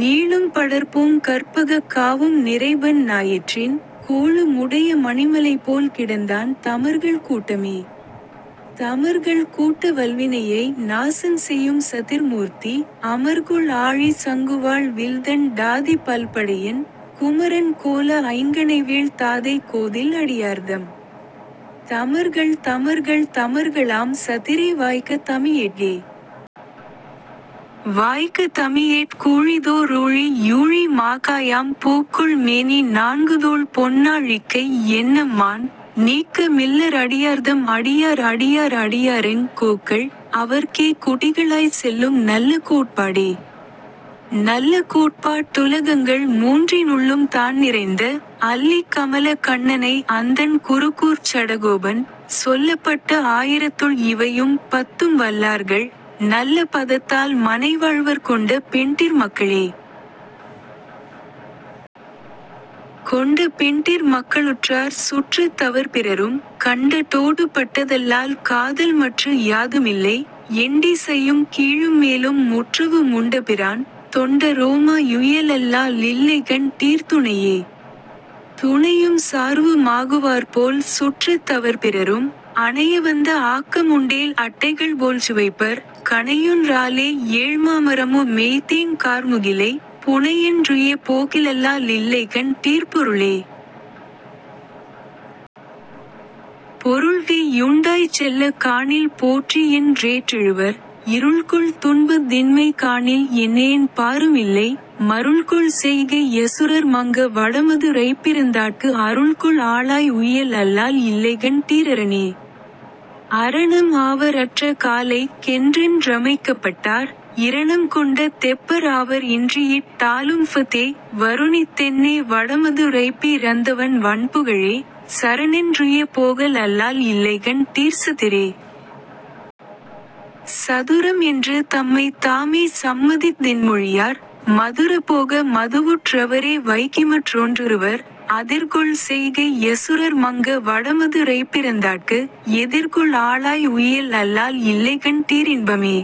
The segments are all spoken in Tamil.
நீளும் படர்பூங் கற்பகக் காவும் நிறைபன் னாயிற்றின், கோளு முடைய மணிமலைபோல் கிடந்தான் தமர்கள் கூட்டமே.. தமர்கள் கூட்ட வல்வினையை நாசஞ் செய்யும் சதிர்மூர்த்தி, அமர்கொள் ஆழி சங்குவாள் வில்தண் டாதி பல்படையன், குமரன் கோல ஐங்கணைவேள் தாதை கோதில் அடியார்தம். தமர்கள் தமர்கள் தமர்களாம் சதிரே வாய்க்க தமியேற்கே.. வாய்க்க தமியேற் கூழிதோ றூழி யூழி மாகாயாம் பூக்கொள் மேனி நான்குதோள் பொன்னா ழிக்கை யென்னம்மான், நீக்க மில்லா அடியார்தம் அடியார் அடியார் அடியாரெங் கோக்கள், அவர்க்கே குடிகளாய்ச் செல்லும் நல்ல கோட்பாடே. நல்ல கோட்பாட் டுலகங்கள் மூன்றி னுள்ளும் தான்நிறைந்த, அல்லிக் கமலக் கண்ணனை அந்தண் குருகூர்ச் சடகோபன், சொல்லப் பட்ட ஆயிரத்துள் இவையும் பத்தும் வல்லார்கள், நல்ல பதத்தால் மனைவாழ்வர் கொண்ட பெண்டிர் மக்களே. கொண்ட பெண்டிர் மக்களுற்றார் சுற்றத் தவர்பிறரும், கண்ட தோடு பட்டதல்லால் காதல்மற்று யாதுமில்லை, எண்டி சையும் கீழும்மேலும் முற்றவு முண்டபிரான், தொண்ட ரோமா யுய்யலல்லா லில்லைகண் டீர்துணையே.. துணையும் சார்வு மாகுவார்போல் சுற்றத் தவர்பிறரும், அணையவந்த ஆக்கமுண்டேல் அட்டைகள்போல்சுவைப்பர், கணையொன் ராலே யேழ்மாமரமு மெய்தேங் கார்முகிலை, புணையென் றுய்யப் போகிலல்லா லில்லைகண் டீர்பொருளே.. பொருள்கை யுண்டாய்ச் செல்லக் காணில் போற்றியென் றேற்றெழுவர், இருள்கொள் துன்பத் தின்மை காணில் என்னேஎன் பாருமில்லை, மருள்கொள் செய்கை யசுரர் மங்க வடமது ரைப்பிறந்தாற்கு அருள்கொள் ஆளாய் உய்யல் அல்லால் இல்லைகண் டீரரணே.. அரணம் ஆவர் அற்ற காலைக் கென்றென் றமைக்கப்பட்டார், இரணம் கொண்ட தெப்பர் ஆவர் இன்றியிட் டாலுமஃஅதே, வருணித் தென்னே வடமது ரைப்பி றந்தவன் வண்புகழே, சரணென் றுய்யப் போகல் அல்லால் இல்லைகண் டீர்சதிரே.. சதுரம் என்று தம்மைத் தாமே சம்மதித் தின்மொழியார், மதுர போக மதுவுற் றவரே வைகிமற் றொன்றுறுவர், அதிர்கொள் செய்கை யசுரர் மங்க வடமது ரைப்பிறந்தாற்கு, எதிர்கொள் ஆளாய் உய்யல் அல்லால் இல்லைகண் டீரின்பமே..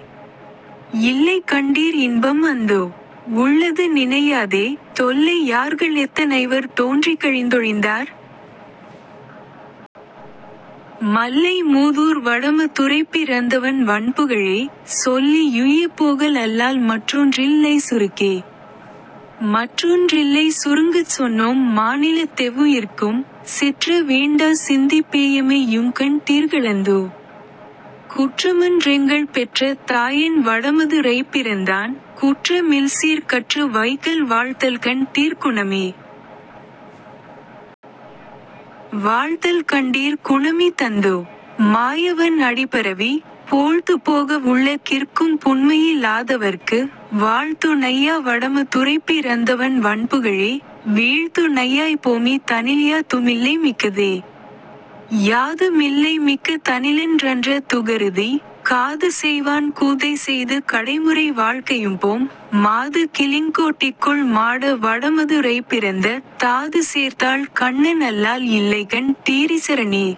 இல்லை கண்டீர் இன்பம் அந்தோ. உள்ளது நினையாதே, தொல்லை யார்க ளெத்த னைவர் தோன்றிக் கழிந்தொழிந்தார்? மல்லை மூதூர் வடம துரைப்பி றந்தவன் வண்புகழே, சொல்லி யுய்யப் போகல் அல்லால் மற்றொன்றில் லைசுருக்கே.. மற்றொன் றில்லை சுருங்கச் சொன்னோம் மாநிலத் தெவ்வுயிர்க்கும், சிற்ற வேண்டா சிந்திப் பேயமை யும்கண் டீர்களந்தோ. குற்றமன் றெங்கள் பெற்றத் தாயன் வடமது ரைப்பிறந்தான், குற்ற மில்சீர் கற்று வைகல் வாழ்தல்கண் டீர்குணமே.. வாழ்தல் கண்டீர் குணமி தந்தோ. மாயவன் அடிபரவி, போழ்து போக வுள்ள கிற்கும் புன்மையி லாதவர்க்கு, வாழ்து ணையா வடம துரைப்பி றந்தவன் வண்புகழே, வீழ்து ணையாய்ப் போமி தனில்யா துமில்லை மிக்கதே.. யாது மில்லை மிக்க தனிலென் றன்ற துகருதி, காது செய்வான் கூதை செய்து கடைமுறை வாழ்கையும்போம், மாது கிலிங்கொ டிக்கொள் மாட வடமது ரைப்பிறந்த, தாது சேர்தாள் கண்ணன் அல்லால் இல்லைகண் டீரிசரணே..